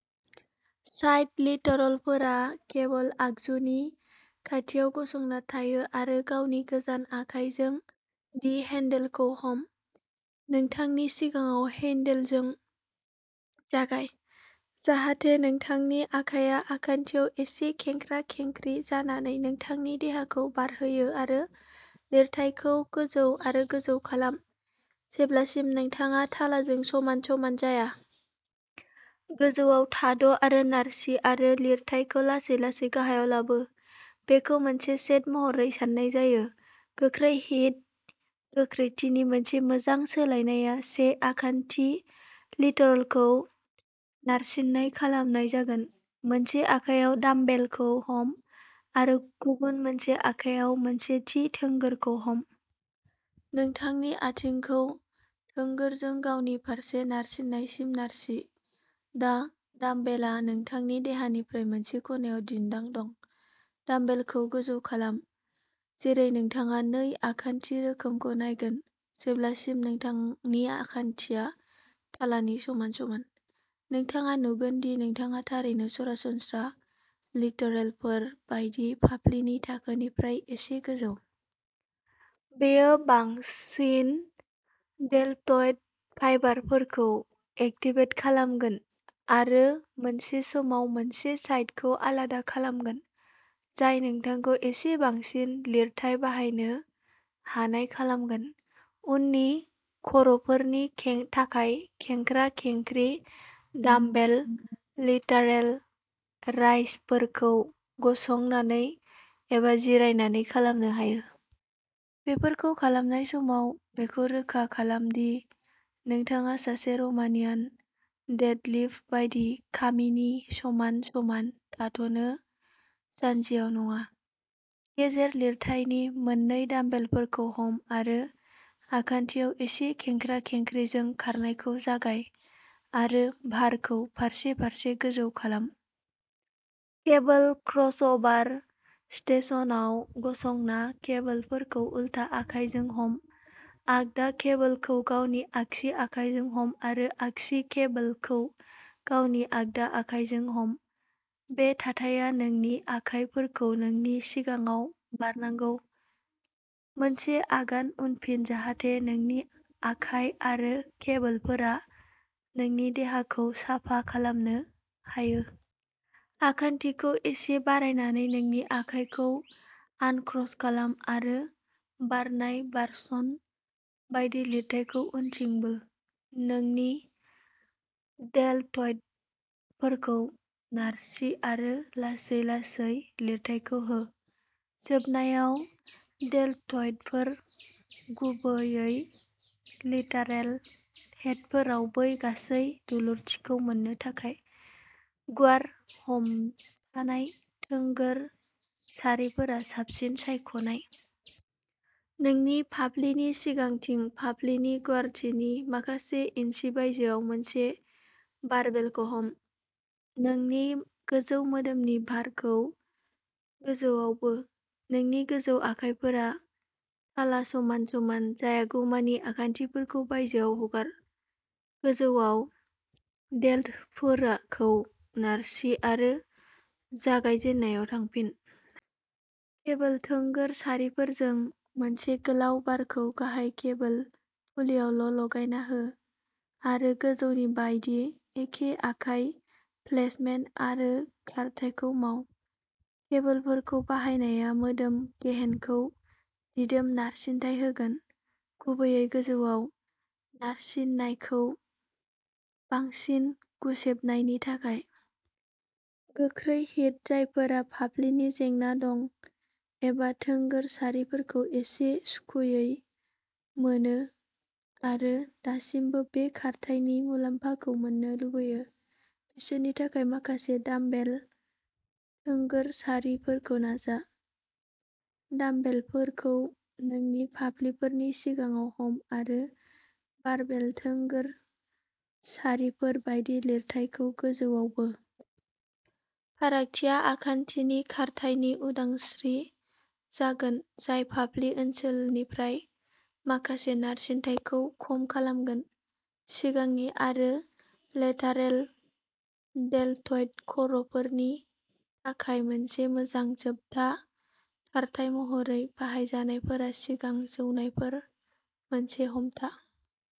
Side लेटरलफोरा cable आगजुनि खाथियाव गसंना थायो आरो गावनि गोजान आखायजों डि हैंडलखौ हम। नोंथांनि सिगाङाव हैंडलजों जागाय, जाहाथे नोंथांनि आखाइआ आखान्थिआव एसे खेंख्रा-खेंख्रि जानानै नोंथांनि देहाखौ बारहोयो आरो लिरथायखौ गोजौ आरो गोजौ खालाम, जेब्लासिम नोंथाङा थालाजों समान समान जाया। गोजौआव थाद' आरो नारसि आरो लिरथायखौ लासै-लासै गाहायाव लाबो, बेखौ मोनसे सेट महरै सान्नाय जायो। गोख्रै हिट गोख्रैथिनि मोनसे मोजां सोलायनायआ से आखान्थि लेटरलखौ नारसिन्नाय खालामनाय जागोन। मोनसे आखायाव डाम्बेलखौ हम आरो गुबुन मोनसे आखायाव मोनसे थि थोंगोरखौ हम। नोंथांनि आथिंखौ थोंगोरजों गावनि फारसे नारसिन्नायसिम नारसि। दा डाम्बेलआ नोंथांनि देहानिफ्राय मोनसे खनायाव दिन्दां दं। डाम्बेलखौ गोजौ खालाम, जेरै नोंथाङा नै आखान्थि रोखोमखौ नायगोन, जेब्लासिम नोंथांनि आखान्थिया थालानि समान समान। नोंथाङा नुगोन दि नोंथाङा थारैनो सरासनस्रा लेटारेलफोर बायदि फाफ्लिनि थाखोनिफ्राय एसे गोजौ। बेयो बांसिन डेलटइड फाइबारफोरखौ एक्टिभेट खालामगोन आरो मोनसे समाव मोनसे साइडखौ आलादा खालामगोन, जाय नोंथांखौ एसे बांसिन लिरथाइ बाहायनो हानाय खालामगोन। उननि खर'फोरनि खें थाखाय खेंख्रा-खेंख्रि डामबेल लेटारेल राइजफोरखौ गसंनानै एबा जिरायनानै खालामनो हायो। बेफोरखौ खालामनाय समाव बेखौ रोखा खालाम दि नोंथाङा सासे र'मानियान डेडलिफ्ट बायदि खामिनि समान समान थाथ'नो, जान्जियाव नङा। गेजेर लिरथायनि मोन्नै डामबेलफोरखौ हम आरो आखान्थिआव एसे खेंख्रा-खेंख्रिजों खारनायखौ जागाय आरो भारखौ फारसे-फारसे गोजौ खालाम। केबोल क्रसअभार स्टेशनाव गसंना केबोलफोरखौ उलथा आखाइजों हम आगदा केबोलखौ गावनि आगसि आखाइजों हम आरो आगसि केबोलखौ गावनि आगदा आखाइजों हम। बे थाथाया नोंनि आखाइफोरखौ नोंनि सिगाङाव बारनांगौ। मोनसे आगान उनफिन जाहाथे नोंनि आखाइ आरो केबोलफोरा नोंनि देहाखौ साफा खालामनो हायो। आखान्थिखौ एसे बारायनानै नोंनि आखाइखौ आनक्रस खालाम आरो बारनाय भारसन बायदि लिरथायखौ उनथिं बो। नोंनि डेल्टइडफोरखौ नारसि आरो लासै-लासै लिरथायखौ हो। जोबनायाव डेल्टइडफोर, गुबैयै लेटारेल हेडफोराव बै गासै दुलुरथिखौ मोन्नो थाखाय, गुवार हमथानाय थोंगोर सारिफोरा साबसिन सायख'नाय। नोंनि फाफ्लिनि सिगांथिं फाफ्लिनि गुवारथिनि माखासे इन्सि बायजोआव मोनसे बारबेलखौ हम। नोंनि गोजौ मोदोमनि भारखौ गोजौआव बो। नोंनि गोजौ आखाइफोरा थाला समान समान जायागौमानि आखान्थिफोरखौ बायजोआव हगार। गोजौआव डेल्टफोराखौ नारसि आरो जागायजेननायाव थांफिन। केबोल थोंगोर सारिफोरजों मोनसे गोलाव बारखौ गाहाय केबोल पुलिआवल' लागायना हो आरो गोजौनि बायदि एखे आखाइ प्लेसमेन्ट आरो खारथाइखौ माव। केबोलफोरखौ बाहायनाया मोदोम गेहेनखौ दिदोम नारसिनथाय होगोन, गुबैयै गोजौआव नारसिन्नायखौ बांसिन गुसेबनायनि थाखाय। गोख्रै हिट जायफोरा फाफ्लिनि जेंना दं एबा थोंगोर सारिफोरखौ एसे सुखुयै मोनो आरो दासिमबो बे खारथायनि मुलाम्फाखौ मोननो लुबैयो, बिसोरनि थाखाय माखासे डामबेल थोंगोर सारिफोरखौ नाजा। डामबेलफोरखौ नोंनि फाफ्लिफोरनि सिगाङाव हम आरो बारबेल थोंगोर सारिफोर बायदि लिरथायखौ गोजौआव बो। फारागथिया आखान्थिनि खारथायनि उदांस्रि जागोन जाय फाफ्लि ओनसोलनिफ्राय माखासे नारसिनथायखौ खम खालामगोन। सिगांनि आरो लेटारेल डेलटइड खर'फोरनि थाखाय मोनसे मोजां जोबथा खारथाइ महरै बाहायजानायफोरा सिगां जौनायफोर मोनसे हमथा।